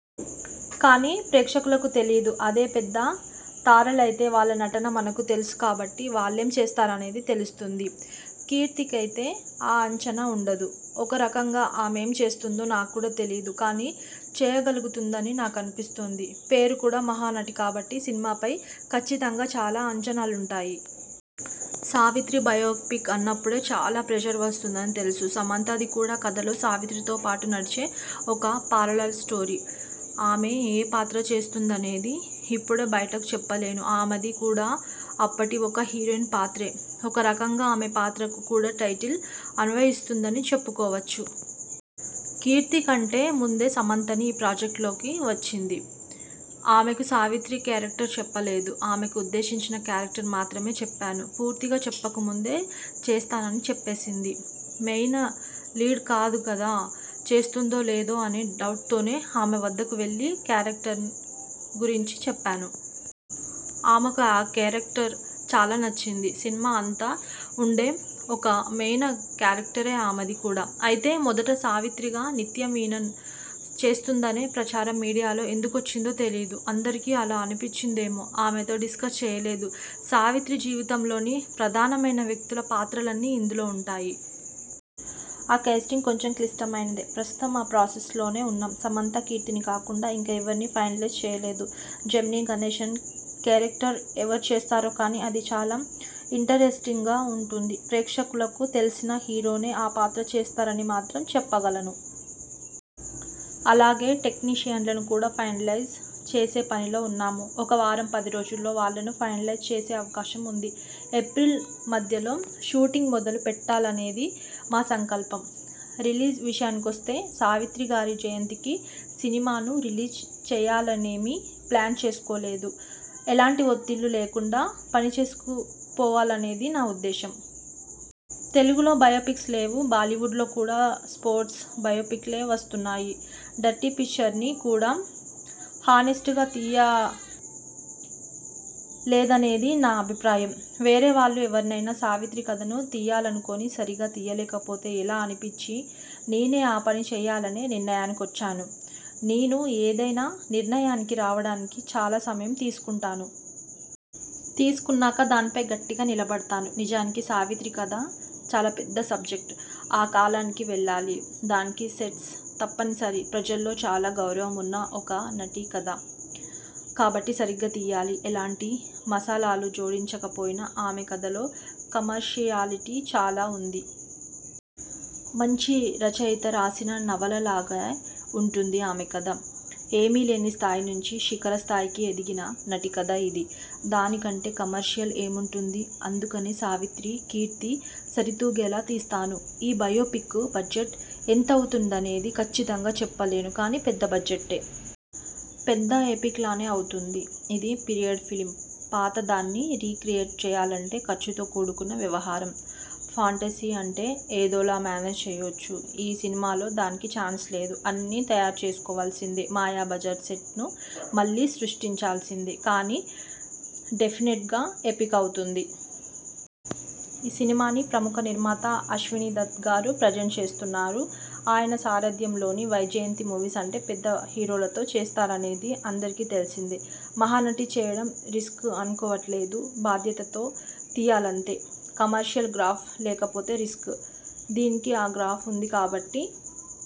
కానీ ప్రేక్షకులకు తెలీదు. అదే పెద్ద తారలైతే, వాళ్ల నటన మనకు తెలుసు కాబట్టి వాళ్లేం చేస్తారనేది తెలుస్తుంది. కీర్తికైతే ఆ అంచనా ఉండదు. ఒక రకంగా ఆమేం చేస్తుందో నాక్కూడా తెలీదు. కానీ చేయగలుగుతుందని నాకనిపిస్తోంది. పేరు కూడా 'మహానటి' కాబట్టి సినిమాపై కచ్చితంగా చాలా అంచనాలుంటాయి. సావిత్రి బయోపిక్ అన్నప్పుడే చాలా ప్రెజర్ వస్తుందని తెలుసు. సమంతది కూడా కథలో సావిత్రితో పాటు నడిచే ఒక పారలల్ స్టోరీ. ఆమె ఏ పాత్ర చేస్తోందనేది ఇప్పుడే బయటకు చెప్పలేను. ఆమెది కూడా అప్పటి ఒక హీరోయిన్ పాత్రే. ఒకరకంగా ఆమె పాత్రకు కూడా టైటిల్ అన్వయిస్తుందని చెప్పుకోవచ్చు. కీర్తి కంటే ముందే సమంత ఈ ప్రాజెక్ట్ లోకి వచ్చింది. ఆమెకు సావిత్రి కేరక్టర్ చెప్పలేదు. ఆమెకు ఉద్దేశించిన కేరక్టర్ మాత్రమే చెప్పాను. పూర్తిగా చెప్పకముందే చేస్తానని చెప్పేసింది. మెయిన లీడ్ కాదు కదా, చేస్తుందో లేదో అనే డౌట్తోనే ఆమె వద్దకు వెళ్లి కేరక్టర్ గురించి చెప్పాను. ఆమెకు ఆ కేరక్టర్ చాలా నచ్చింది. సినిమా అంతా ఉండే ఒక మెయిన కేరక్టరే ఆమెది కూడా. అయితే మొదట సావిత్రిగా నిత్యా మీనన చేస్తోందనే ప్రచారం మీడియాలో ఎందుకొచ్చిందో తెలీదు. అందరికీ అలా అనిపించిందేమో. ఆమెతో డిస్కస్ చేయలేదు. సావిత్రి జీవితంలోని ప్రధానమైన వ్యక్తుల పాత్రలన్నీ ఇందులో ఉంటాయి. ఆ కేస్టింగ్ కొంచెం క్లిష్టమైనదే. ప్రస్తుతం ఆ ప్రాసెస్ లోనే ఉన్నాం. సమంత, కీర్తిని కాకుండా ఇంకా ఎవర్నీ ఫైనలైజ్ చేయలేదు. జెమినీ గణేశన్ కేరక్టర్ ఎవరు చేస్తారో కానీ, అది చాలా ఇంటరెస్టింగ్గా ఉంటుంది. ప్రేక్షకులకు తెలిసిన హీరోనే ఆ పాత్ర చేస్తారని మాత్రం చెప్పగలను. అలాగే టెక్నీషియన్లను కూడా ఫైనలైజ్ చేసే పనిలో ఉన్నాము. ఒక వారం పది రోజుల్లో వాళ్లను ఫైనలైజ్ చేసే అవకాశం ఉంది. ఏప్రిల్ మధ్యలో షూటింగ్ మొదలు పెట్టాలనేది మా సంకల్పం. రిలీజ్ విషయానికొస్తే.. సావిత్రిగారి జయంతికి సినిమాను రిలీజ్ చెయ్యాలనేమీ ప్లాన్ చేసుకోలేదు. ఎలాంటి ఒత్తిళ్లూ లేకుండా పనిచేసుకుపోవాలనేది నా ఉద్దేశం. తెలుగులో బయోపిక్స్ లేవు. బాలీవుడ్లో కూడా స్పోర్ట్స్ బయోపిక్లే వస్తున్నాయి. 'డర్టీ పిక్చర్'ని కూడా హానెస్టుగా తియ్య లేదనేది నా అభిప్రాయం. వేరే వాళ్లు ఎవరైనా సావిత్రి కథను తియ్యాలనుకొని, సరిగా తీయలేకపోతే ఎలా అనిపించి నేనే ఆ పని చెయ్యాలనే నిర్ణయానికొచ్చాను. నేను ఏదైనా నిర్ణయానికి రావడానికి చాలా సమయం తీసుకుంటాను. తీసుకున్నాక దానిపై గట్టిగా నిలబడతాను. నిజానికి సావిత్రి కథ చాలా పెద్ద సబ్జెక్ట్. ఆ కాలానికి వెళ్లాలి. దానికి సెట్స్ తప్పనిసరి. ప్రజల్లో చాలా గౌరవమున్న ఒక నటి కథ కాబట్టి సరిగా తియ్యాలి. ఎలాంటి మసాలాలూ జోడించక పోయినా ఆమె కథలో కమర్షియాలిటీ చాలా ఉంది. మంచి రచయిత రాసిన నవలలాగే ఉంటుంది ఆమె కథ. ఏమీలేని స్థాయి నుంచి శిఖర స్థాయికి ఎదిగిన నటి కథ ఇది. దానికంటే కమర్షియల్ ఏముంటుంది! అందుకనే సావిత్రి కీర్తి సరితూగేలా తీస్తాను. ఈ బయోపిక్కు బడ్జెట్ ఎంతవుతుందనేది కచ్చితంగా చెప్పలేను కానీ పెద్ద బడ్జెట్టే. పెద్ద ఎపిక్ లానే అవుతుంది. ఇది పీరియడ్ ఫిల్మ్. పాతదాన్ని రీక్రియేట్ చేయాలంటే ఖర్చుతో కూడుకున్న వ్యవహారం. ఫాంటసీ అంటే ఏదోలా మేనేజ్ చేయొచ్చు. ఈ సినిమాలో దానికి ఛాన్స్ లేదు. అన్నీ తయారు చేసుకోవాల్సిందే. 'మాయాబజార్' సెట్ను మళ్లీ సృష్టించాల్సిందే. కానీ డెఫినెట్గా ఎపిక్ అవుతుంది. ఈ సినిమాని ప్రముఖ నిర్మాత అశ్వనీ దత్ గారు ప్రెజెంట్ చేస్తున్నారు. ఆయన సారథ్యంలోని వైజయంతీ మూవీస్ అంటే పెద్ద హీరోలతో చేస్తారనేది అందరికీ తెలిసిందే. 'మహానటి' చేయడం రిస్క్ అనుకోవట్లేదు. బాధ్యతతో తీయాలంతే. కమర్షియల్ గ్రాఫ్ లేకపోతే రిస్క్. దీనికి ఆ గ్రాఫ్ ఉంది కాబట్టి